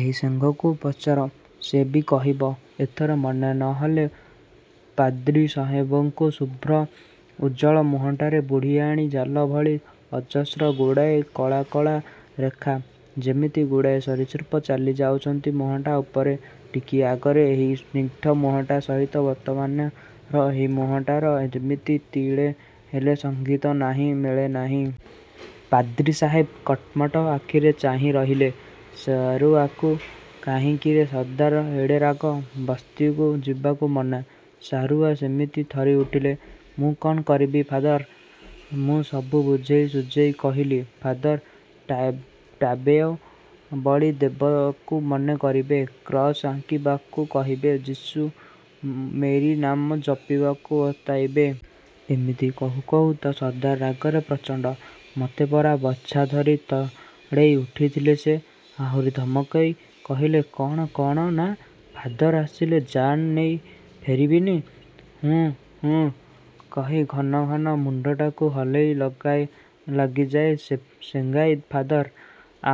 ଏଇ ସେଙ୍ଗାଇକୁ ପଚାର। ସେ ବି କହିବ-। ଏଥର ମନେହେଲା, ପାଦ୍ରୀ ସାହେବଙ୍କ ଶୁଭ୍ର ଉଜ୍ଜ୍ୱଳ ମୁହଁଟାରେ ବୁଢ଼ୀଆଣୀ ଜାଲ ଭଳି ଅଜସ୍ର ଗୁଡ଼ାଏ କଳା କଳା ରେଖା। ଯିମିତି ଗୁଡ଼ାଏ ସରୀସୃପ ଚାଲିଯାଉଚନ୍ତି ମୁହଁଟା ଉପରେ। ଟିକକ ଆଗର ଏହି ସ୍ନିଗ୍ଧ ମୁହଁଟା ସହିତ ବର୍ତ୍ତମାନର ଏହି ମୁହଁଟାର ଯିମିତି ତିଳେହେଲେ ସଙ୍ଗିତ ନାହିଁ, ମେଳ ନାହିଁ। ପାଦ୍ରୀ ସାହେବ କଟମଟ ଆଖିରେ ଚାହିଁରହିଲେ ସାରୁୟାକୁ–କାହିଁକିରେ ସର୍ଦ୍ଧାରର ଏଡ଼େ ରାଗ? ବସ୍ତିକୁ ଯିବାକୁ ମନା? ସାରୁୟା ସେମିତି ଥରିଉଠିଲା, ମୁଁ କ'ଣ କରିବି ଫାଦର? ମୁଁ ସବୁ ବୁଝେଇ ସୁଝେଇ କହିଲି, ଫାଦର ଟେବୋୟା ବଳି ଦେବାକୁ ମନା କରିବେ, କ୍ରସ ଆଙ୍କିବାକୁ କହିବେ, ଯୀଶୁ, ମେରୀ ନାମ ଜପିବାକୁ ବତେଇବେ। ଏତିକି କହୁ କହୁ ତ ସର୍ଦ୍ଦାର ରାଗରେ ପ୍ରଚଣ୍ଡ। ମତେ ପରା ବର୍ଚ୍ଛା ଧରି ତେଢ଼େଇ ଉଠିଥିଲା ସେ। ଆହୁରି ଧମକାଇ କହିଲା କ'ଣ କ'ଣ ନା, ଫାଦର ଆସିଲେ ଜା'ନ ନେଇ ଫେରିବନି। ହଁ ହୁଁ କହି ଘନ ଘନ ମୁଣ୍ଡଟାକୁ ହଲେଇ ଲାଗିଯାଏ ସେଙ୍ଗାଇ–ଫାଦର,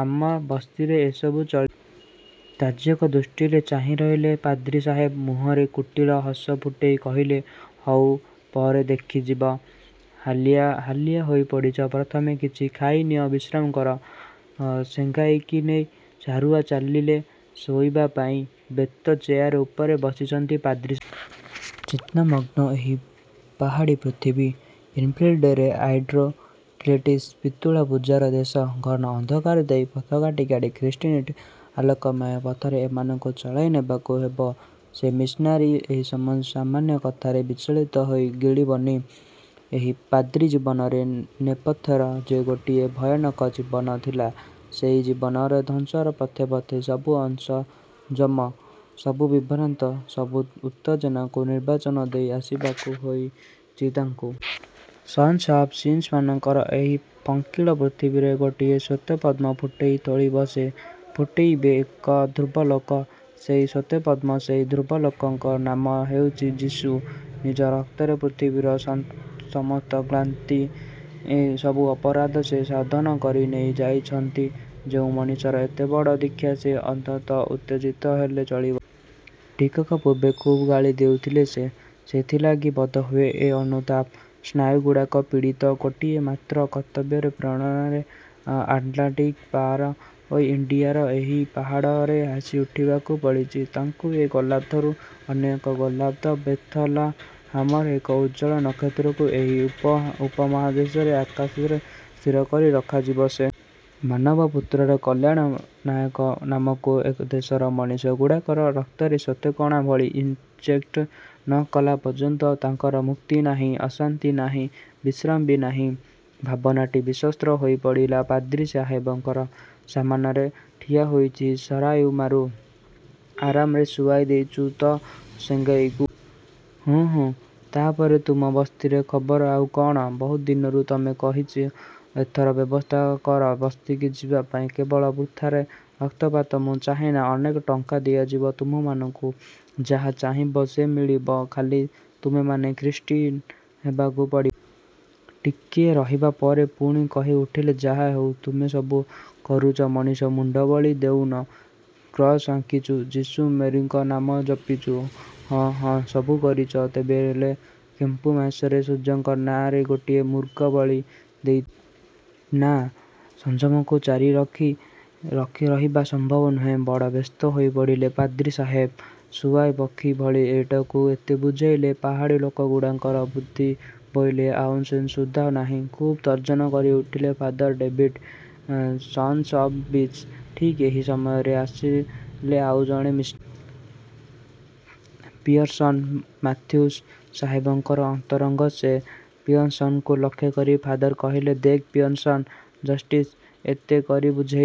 ଆମ ବସ୍ତିରେ ଏସବୁ ଚଳିବନି। ତାର୍ଯ୍ୟକ୍ ଦୃଷ୍ଟିରେ ଚାହିଁରହିଲେ ପାଦ୍ରୀ ସାହେବ। ମୁହଁରେ କୁଟୀଳ ହସ ଫୁଟେଇ କହିଲେ, ''ହଉ ପରେ ଦେଖାଯିବ। ହାଲିଆ ହୋଇପଡ଼ିଚ ପ୍ରଥମେ କିଛି ଖାଇନେଇ ବିଶ୍ରାମ କର-। '' ସେଙ୍ଗାଇକି ନେଇ ସାରୁୟା ଚାଲିଲା ଶୋଇବା ପାଇଁ। ବେତ ଚେୟାର ଉପରେ ବସିଛନ୍ତି ପାଦ୍ରୀ ସାହେବ। ଚିନ୍ତାମଗ୍ନ ଏହି ପାହାଡ଼ୀ ପୃଥିବୀ। ଇନଫିଡ଼େଲ, ଆଇଡ଼୍ରୋଲିଟିସ୍, ପିତୁଳା ପୂଜାର ଦେଶ। ଘନ ଅନ୍ଧକାର ଦେଇ ପଥ କାଟି କାଟି ଖ୍ରୀଷ୍ଟାନିଟିର ଆଲୋକମୟ ପଥରେ ଏମାନଙ୍କୁ ଚଳାଇ ନେବାକୁ ହେବ। ସେ ମିଶନାରୀ, ଏହି ସାମାନ୍ୟ କଥାରେ ବିଚଳିତ ହେଲେ ଗଳିବନି। ଏହି ପାଦ୍ରୀ-ଜୀବନର ନେପଥ୍ୟରେ ଯେ ଗୋଟାଏ ଭୟାନକ ଜୀବନ ଥିଲା, ସେଇ ଜୀବନର ଧ୍ୱଂସର ପଥେ ପଥେ ସବୁ ଅସଂଯମ, ସବୁ ବିଭ୍ରାନ୍ତ, ସବୁ ଉତ୍ତେଜନାକୁ ନିର୍ବାଚନ ଦେଇ ଆସିବାକୁ ହୋଇଚି ତାଙ୍କୁ। ସନ୍ସ ଅଫ୍ ସିନ୍ସ୍ ମାନଙ୍କର ଏହି ପଙ୍କିଳ ପୃଥିବୀରେ ଗୋଟିଏ ଶ୍ୱେତପଦ୍ମ ଫୁଟେଇ ତୋଳିବେ ସେ। ଫୁଟେଇବେ, କ ଧ୍ରୁବଲୋକ। ସେଇ ଶ୍ୱେତପଦ୍ମ, ସେଇ ଧ୍ରୁବଲୋକର ନାମ ହେଉଚି ଯୀଶୁ। ନିଜ ରକ୍ତରେ ପୃଥିବୀର ସମସ୍ତ ଗ୍ଳାନି, ସବୁ ଅପରାଧ ସେ ଶୋଧନ କରି ନେଇଯାଇଚନ୍ତି। ଯେଉଁ ମଣିଷର ଏତେ ବଡ଼ ଦୀକ୍ଷା, ସେ ଅନ୍ତତଃ ଉତ୍ତେଜିତ ହେଲେ ଚଳିବନି। ଟିକକ ପୂର୍ବେ ଖୁବ୍ ଗାଳି ଦେଉଥିଲେ ସେ। ସେଇଥିଲାଗି ବୋଧହୁଏ ଏ ଅନୁତାପ। ସ୍ନାୟୁଗୁଡ଼ାକ ପୀଡ଼ିତ। ଗୋଟିଏ ମାତ୍ର କର୍ତ୍ତବ୍ୟର ପ୍ରେରଣାରେ ଆଟଲାଣ୍ଟିକ ପାର ହୋଇ ଇଣ୍ଡିଆର ଏହି ପାହାଡ଼ରେ ଆସି ଉଠିବାକୁ ପଡ଼ିଚି ତାଙ୍କୁ–ଏକ ଗୋଲାର୍ଦ୍ଧରୁ ଅନ୍ୟ ଏକ ଗୋଲାର୍ଦ୍ଧ, ବେଥଲହାମର ଏକ ଉଜ୍ଜ୍ୱଳ ନକ୍ଷତ୍ରକୁ ଏହି ଉପମହାଦେଶ ଆକାଶରେ ସ୍ଥିରକରି ରଖିଯିବେ ସେ। ମାନବପୁତ୍ରର କଲ୍ୟାଣମୟ ନାମକୁ ଏ ଦେଶର ମଣିଷ ଗୁଡ଼ାକର ରକ୍ତରେ ଶ୍ୱେତକଣା ଭଳି ଇଂଜେକ୍ଟ ନ କଲାପର୍ଯ୍ୟନ୍ତ ତାଙ୍କର ମୁକ୍ତି ନାହିଁ ଆଶସ୍ତି ନାହିଁ ବିଶ୍ରାମ ବି ନାହିଁ। ଭାବନଟା ବିଶ୍ରସ୍ତ ହୋଇପଡ଼ିଲା ପାଦ୍ରୀ ସାହେବଙ୍କର। ସାମନାରେ ଠିଆ ହୋଇଚି ସାରୁୟାମାରୁ। –ଆରାମରେ ଶୁଆଇ ଦେଇଚୁ ତ ସେଙ୍ଗାଇକୁ? –ହୁଁ ହୁଁ। ତାପରେ ତୁମ ବସ୍ତିର ଖବର ଆଉ କ'ଣ? ବହୁତ ଦିନରୁ ତତେ କହିଚି, ଏଥର ବ୍ୟବସ୍ଥା କର ବସ୍ତିକି ଯିବା ପାଇଁ। କେବଳ ବୃଥାରେ ରକ୍ତପାତ ମୁଁ ଚାହେଁନା। ଅନେକ ଟଙ୍କା ଦିଆଯିବ ତୁମମାନଙ୍କୁ। ଯାହା ଚାହିଁବ ସବୁ ମିଳିବ। ଖାଲି ତୁମେମାନେ ଖ୍ରୀଷ୍ଟାନ ହେବାକୁ ପଡ଼ିବ-। ଟିକିଏ ରହିବା ପରେ ପୁଣି କହି ଉଠିଲେ–ଯାହାହେଉ ତୁ ସବୁ କରିଚୁ। ମଣିଷ ମୁଣ୍ଡ ବଳି ଦେଉନୁ, କ୍ରସ୍ ଆଙ୍କିଚୁ, ଯୀଶୁ ମେରୀଙ୍କ ନାମ ଜପିଚୁ। –ହୁଁ ହୁଁ, ସବୁ କରିଚି, ତେବେ ଲେ କେମ୍ପୁ ମାସରେ ସୂର୍ଯ୍ୟଙ୍କ ନାଁରେ ଗୋଟାଏ ମୁର୍ଗୀ ବଳି ଦେଇଥିଲି। ନାଃ–ସଂଯମକୁ ଚାପିରଖି ରହିବା ସମ୍ଭବ ନୁହେଁ। ବଡ଼ ବ୍ୟସ୍ତ ହୋଇପଡ଼ିଲେ ପାଦ୍ରୀ ସାହେବ। ଶୁଆପକ୍ଷୀ ଭଳି ଏଇଟାକୁ ଏତେ ବୁଝେଇଲି। ପାହାଡ଼ୀ ଲୋକଗୁଡ଼ାଙ୍କର ବୁଦ୍ଧି ବୋଇଲେ ଆଉନ୍ସେ ସୁଦ୍ଧା ନାହିଁ। ଖୁବ୍ ତର୍ଜନ କରି ଉଠିଲେ ଫାଦର–''ଡ଼େଭିଡ଼୍। Sons of bitch. '' ଠିକ୍ ଏହି ସମୟରେ ଆସଲେ ଆଉ ଜଣେ ମିଶନାରୀ। ପିୟର୍ସନ। ମାଥ୍ୟୁସ ସାହେବଙ୍କର ଅନ୍ତରଙ୍ଗ ସେ। ପିୟର୍ସନଙ୍କୁ ଲକ୍ଷ୍ୟକରି ଫାଦର କହିଲେ–ଦେଖ ପିୟର୍ସନ। Just see-. ଏତେ କରି ବୁଝାଇଲି।